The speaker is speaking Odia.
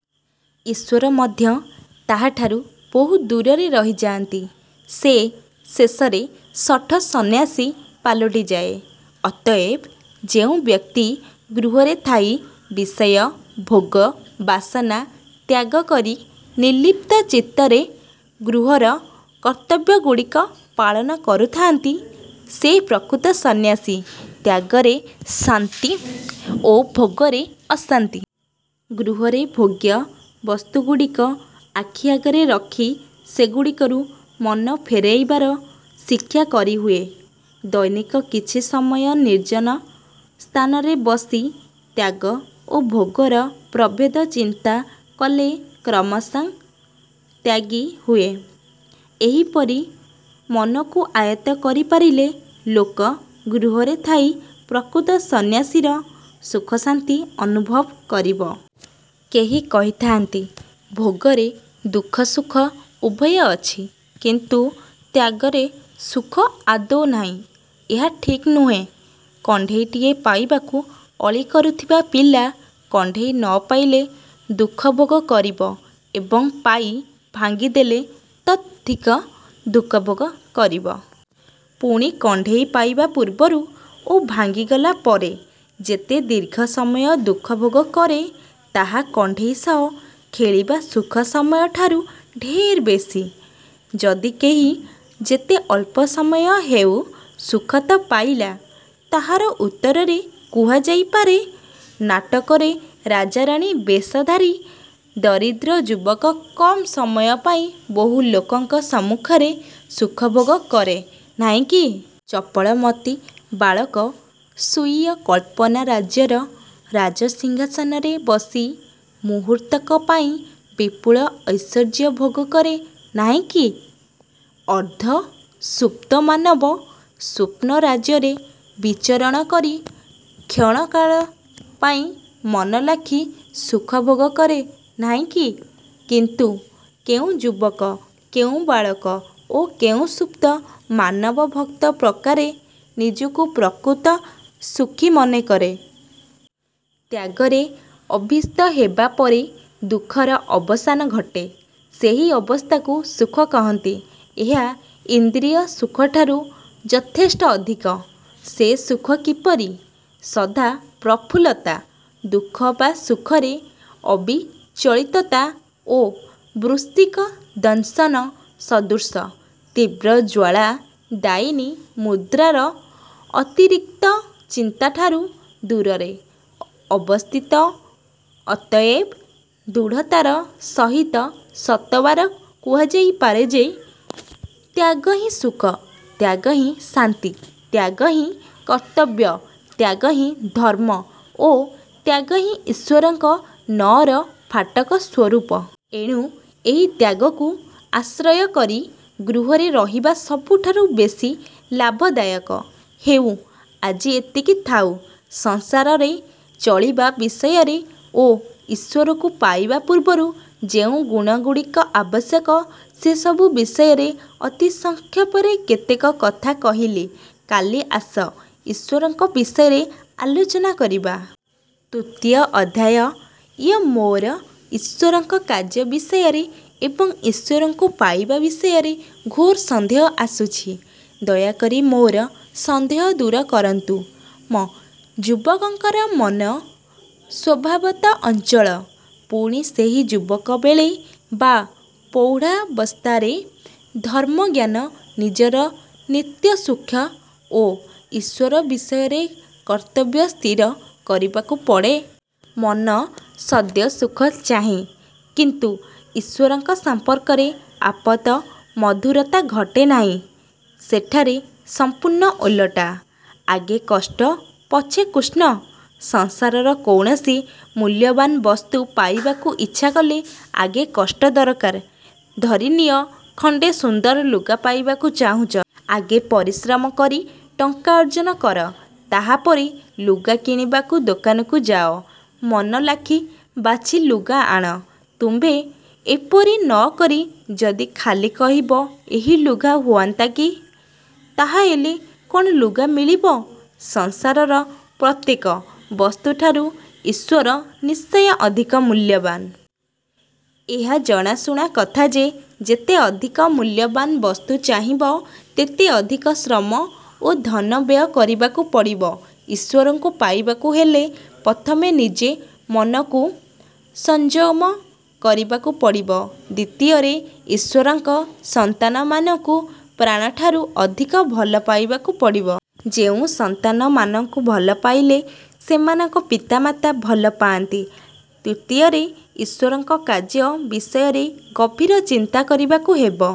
ଈଶ୍ଵର ମଧ୍ୟ ତାହାଠାରୁ ବହୁ ଦୂରରେ ରହିଯାନ୍ତି। ସେ ଶେଷରେ ଶଠ ସନ୍ନ୍ୟାସୀ ପାଲଟି ଯାଏ। ଅତଏବ ଯେଉଁବ୍ୟକ୍ତି ଗୃହରେ ଥାଇ ବିଷୟ-ଭୋଗ-ବାସନା ତ୍ୟାଗ କରି ନିର୍ଲିପ୍ତ ଚିତ୍ତରେ ଗୃହର କର୍ତ୍ତବ୍ୟଗୁଡ଼ିକ ପାଳନ କରୁଥାନ୍ତି, ସେ ପ୍ରକୃତ ସନ୍ନ୍ୟାସୀ। ତ୍ୟାଗରେ ଶାନ୍ତି ଓ ଭୋଗରେ ଅଶାନ୍ତି। ଗୃହରେ ଭୋଗ୍ୟ ବସ୍ତୁଗୁଡ଼ିକ ଆଖି ଆଗରେ ରଖି ସେଗୁଡ଼ିକରୁ ମନ ଫେରାଇବାର ଶିକ୍ଷା କରିହୁଏ। ଦୈନିକ କିଛି ସମୟ ନିର୍ଜନ ସ୍ଥାନରେ ବସି ତ୍ୟାଗ ଓ ଭୋଗର ପ୍ରଭେଦ ଚିନ୍ତା କଲେ କ୍ରମଶଃ ତ୍ୟାଗୀ ହୁଏ। ଏହିପରି ମନକୁ ଆୟତ୍ତ କରିପାରିଲେ ଲୋକ ଗୃହରେ ଥାଇ ପ୍ରକୃତ ସନ୍ନ୍ୟାସୀର ସୁଖଶାନ୍ତି ଅନୁଭବ କରିବ। କେହି କହିଥାନ୍ତି, "ଭୋଗରେ ଦୁଃଖ ସୁଖ ଉଭୟ ଅଛି କିନ୍ତୁ ତ୍ୟାଗରେ ସୁଖ ଆଦୌ ନାହିଁ", ଏହା ଠିକ୍ ନୁହେଁ। କଣ୍ଢେଇଟିଏ ପାଇବାକୁ ଅଳି କରୁଥିବା ପିଲା କଣ୍ଢେଇ ନ ପାଇଲେ ଦୁଃଖ ଭୋଗ କରିବ ଏବଂ ପାଇ ଭାଙ୍ଗିଦେଲେ ତତୋଽଧିକ ଦୁଃଖ ଭୋଗ କରିବ। ପୁଣି କଣ୍ଢେଇ ପାଇବା ପୂର୍ବରୁ ଓ ଭାଙ୍ଗିଗଲା ପରେ ଯେତେ ଦୀର୍ଘ ସମୟ ଦୁଃଖ ଭୋଗ କରେ, ତାହା କଣ୍ଢେଇ ସହ ଖେଳିବା ସୁଖ ସମୟଠାରୁ ଢେର ବେଶୀ। ଯଦି କହେ, "ଯେତେ ଅଳ୍ପ ସମୟ ହେଉ ସୁଖ ତ ପାଇଲା। " ତାହାର ଉତ୍ତରରେ କୁହାଯାଇ ପାରେ; ନାଟକରେ ରାଜାରାଣୀ ବେଶଧାରୀ ଦରିଦ୍ର ଯୁବକ କମ୍ ସମୟ ପାଇଁ ବହୁ ଲୋକଙ୍କ ସମ୍ମୁଖରେ ସୁଖ ଭୋଗ କରେ ନାହିଁ କି? ଚପଳମତି ବାଳକ ସ୍ଵୀୟ କଳ୍ପନା-ରାଜ୍ୟର ରାଜସିଂହାସନରେ ବସି ମୁହୂର୍ତ୍ତକ ପାଇଁ ବିପୁଳ ଐଶ୍ଵର୍ଯ୍ୟ ଭୋଗ କରେ ନାହିଁକି? ଅର୍ଦ୍ଧ ସୁପ୍ତ ମାନବ ସ୍ଵପ୍ନ ରାଜ୍ୟରେ ବିଚରଣ କରି କ୍ଷଣକାଳ ପାଇଁ ମନଲାଖି ସୁଖ ଭୋଗ କରେ ନାହିଁକି? କିନ୍ତୁ କେଉଁ ଯୁବକ, କେଉଁ ବାଳକ ଓ କେଉଁ ସୁପ୍ତ ମାନବ ଭକ୍ତ ପ୍ରକାରେ ନିଜକୁ ପ୍ରକୃତ ସୁଖୀ ମନେ କରେ? ତ୍ୟାଗରେ ଅଭ୍ୟସ୍ତ ହେବା ପରେ ଦୁଃଖର ଅବସାନ ଘଟେ। ସେହି ଅବସ୍ଥାକୁ ସୁଖ କହନ୍ତି। ଏହା ଇନ୍ଦ୍ରିୟ ସୁଖଠାରୁ ଯଥେଷ୍ଟ ଅଧିକ। ସେ ସୁଖ କିପରି? ସଦା ପ୍ରଫୁଲ୍ଲତା, ଦୁଃଖ ବା ସୁଖରେ ଅବିଚଳିତତା ଓ ବୃଶ୍ଚିକ-ଦଂଶନ-ସଦୃଶ ତୀବ୍ର ଜ୍ଵଳା ଦାୟିନୀ ମୁଦ୍ରାର ଅତିରିକ୍ତ ଚିନ୍ତାଠାରୁ ଦୂରରେ ଅବସ୍ଥିତ ଅତଏବ ଦୃଢ଼ତାର ସହିତ ଶତବାର କୁହାଯାଇପାରେ ଯେ; ତ୍ୟାଗହିଁ ସୁଖ, ତ୍ୟାଗହିଁ ଶାନ୍ତି, ତ୍ୟାଗହିଁ କର୍ତ୍ତବ୍ୟ, ତ୍ୟାଗହିଁ ଧର୍ମ ଓ ତ୍ୟାଗହିଁ ଈଶ୍ଵରଙ୍କ ନଅର ଫାଟକ ସ୍ୱରୂପ। ଏଣୁ ଏହି ତ୍ୟାଗକୁ ଆଶ୍ରୟ କରି ଗୃହରେ ରହିବା ସବୁଠାରୁ ବେଶୀ ଲାଭ ଦାୟକ। ହେଉ, ଆଜି ଏତିକି ଥାଉ। ସଂସାରରେ ଚଳିବା ବିଷୟରେ ଓ ଈଶ୍ଵରଙ୍କୁ ପାଇବା ପୂର୍ବରୁ ଯେଉଁ ଗୁଣଗୁଡ଼ିକ ଆବଶ୍ୟକ, ସେସବୁ ବିଷୟରେ ଅତି ସଂକ୍ଷେପରେ କେତେକ କଥା କହିଲି। କାଲି ଆସ, ଈଶ୍ଵରଙ୍କ ବିଷୟ ଆଲୋଚନା କରିବା। ତୃତୀୟ ଅଧ୍ୟାୟ ୟ–ମୋର ଈଶ୍ଵରଙ୍କ କାର୍ଯ୍ୟ ବିଷୟରେ ଏବଂ ଈଶ୍ଵରଙ୍କୁ ପାଇବା ବିଷୟରେ ଘୋର ସନ୍ଦେହ ଆସୁଛି। ଦୟାକରି ମୋର ସନ୍ଦେହ ଦୂର କରନ୍ତୁ। ମ–ଯୁବକର ମନ ସ୍ଵଭାବତଃ ଚଞ୍ଚଳ। ପୁଣି ସେହି ଯୁବକବେଳେ ବା ପ୍ରୋଢ଼ାବସ୍ଥାରେ ଧର୍ମଜ୍ଞାନ, ନିଜର ନିତ୍ୟସୁଖ ଓ ଈଶ୍ଵର ବିଷୟରେ କର୍ତ୍ତବ୍ୟ ସ୍ଥିର କରିବାକୁ ପଡ଼େ। ମନ ସଦ୍ୟସୁଖ ଚାହେଁ, କିନ୍ତୁ ଈଶ୍ଵରଙ୍କ ସମ୍ପର୍କରେ ଆପାତ ମଧୁରତା ଖଟେ ନାହିଁ। ସେଠାରେ ସମ୍ପୂର୍ଣ୍ଣ ଓଲଟା। ଆଗେ କଷ୍ଟ, ପଛେ କୃଷ୍ଣ। ସଂସାରର କୌଣସି ମୂଲ୍ୟବାନ ବସ୍ତୁ ପାଇବାକୁ ଇଚ୍ଛା କଲେ ଆଗେ କଷ୍ଟ ଦରକାର। ଧରିନିଅ, ଖଣ୍ଡେ ସୁନ୍ଦର ଲୁଗା ପାଇବାକୁ ଚାହୁଁଛ। ଆଗେ ପରିଶ୍ରମ କରି ଟଙ୍କା ଅର୍ଜନ କର, ତାହାପରେ ଲୁଗା କିଣିବାକୁ ଦୋକାନକୁ ଯାଅ। ମନଲାଖି ବାଛି ଲୁଗା ଆଣ। ତୁମ୍ଭେ ଏପରି ନ କରି ଯଦି ଖାଲି କହିବ ଏହି ଲୁଗା ହୁଅନ୍ତା କି? ତାହାହେଲେ କ'ଣ ଲୁଗା ମିଳିବ? ସଂସାରର ପ୍ରତ୍ୟେକ। ବସ୍ତୁଠାରୁ ଈଶ୍ଵର ନିଶ୍ଚୟ ଅଧିକ ମୂଲ୍ୟବାନ। ଏହା ଜଣାଶୁଣା କଥା ଯେ, ଯେତେ ଅଧିକ ମୂଲ୍ୟବାନ୍ ବସ୍ତୁ ଚାହିଁବ ତେତେ ଅଧିକ ଶ୍ରମ ଓ ଧନ ବ୍ୟୟ କରିବାକୁ ପଡ଼ିବ। ଈଶ୍ଵରଙ୍କୁ ପାଇବାକୁ ହେଲେ ପ୍ରଥମେ ନିଜ ମନକୁ ସଂଯମ କରିବାକୁ ପଡ଼ିବ। ଦ୍ଵିତୀୟରେ ଈଶ୍ଵରଙ୍କ ସନ୍ତାନମାନଙ୍କୁ ପ୍ରାଣଠାରୁ ଅଧିକ ଭଲ ପାଇବାକୁ ପଡ଼ିବ। ଯେଣୁ ସନ୍ତାନମାନଙ୍କୁ ଭଲ ପାଇଲେ ସେମାନଙ୍କ ପିତାମାତା ଭଲ ପାଆନ୍ତି। ତୃତୀୟରେ ଈଶ୍ଵରଙ୍କ କାର୍ଯ୍ୟ ବିଷୟରେ ଗଭୀର ଚିନ୍ତା କରିବାକୁ ହେବ।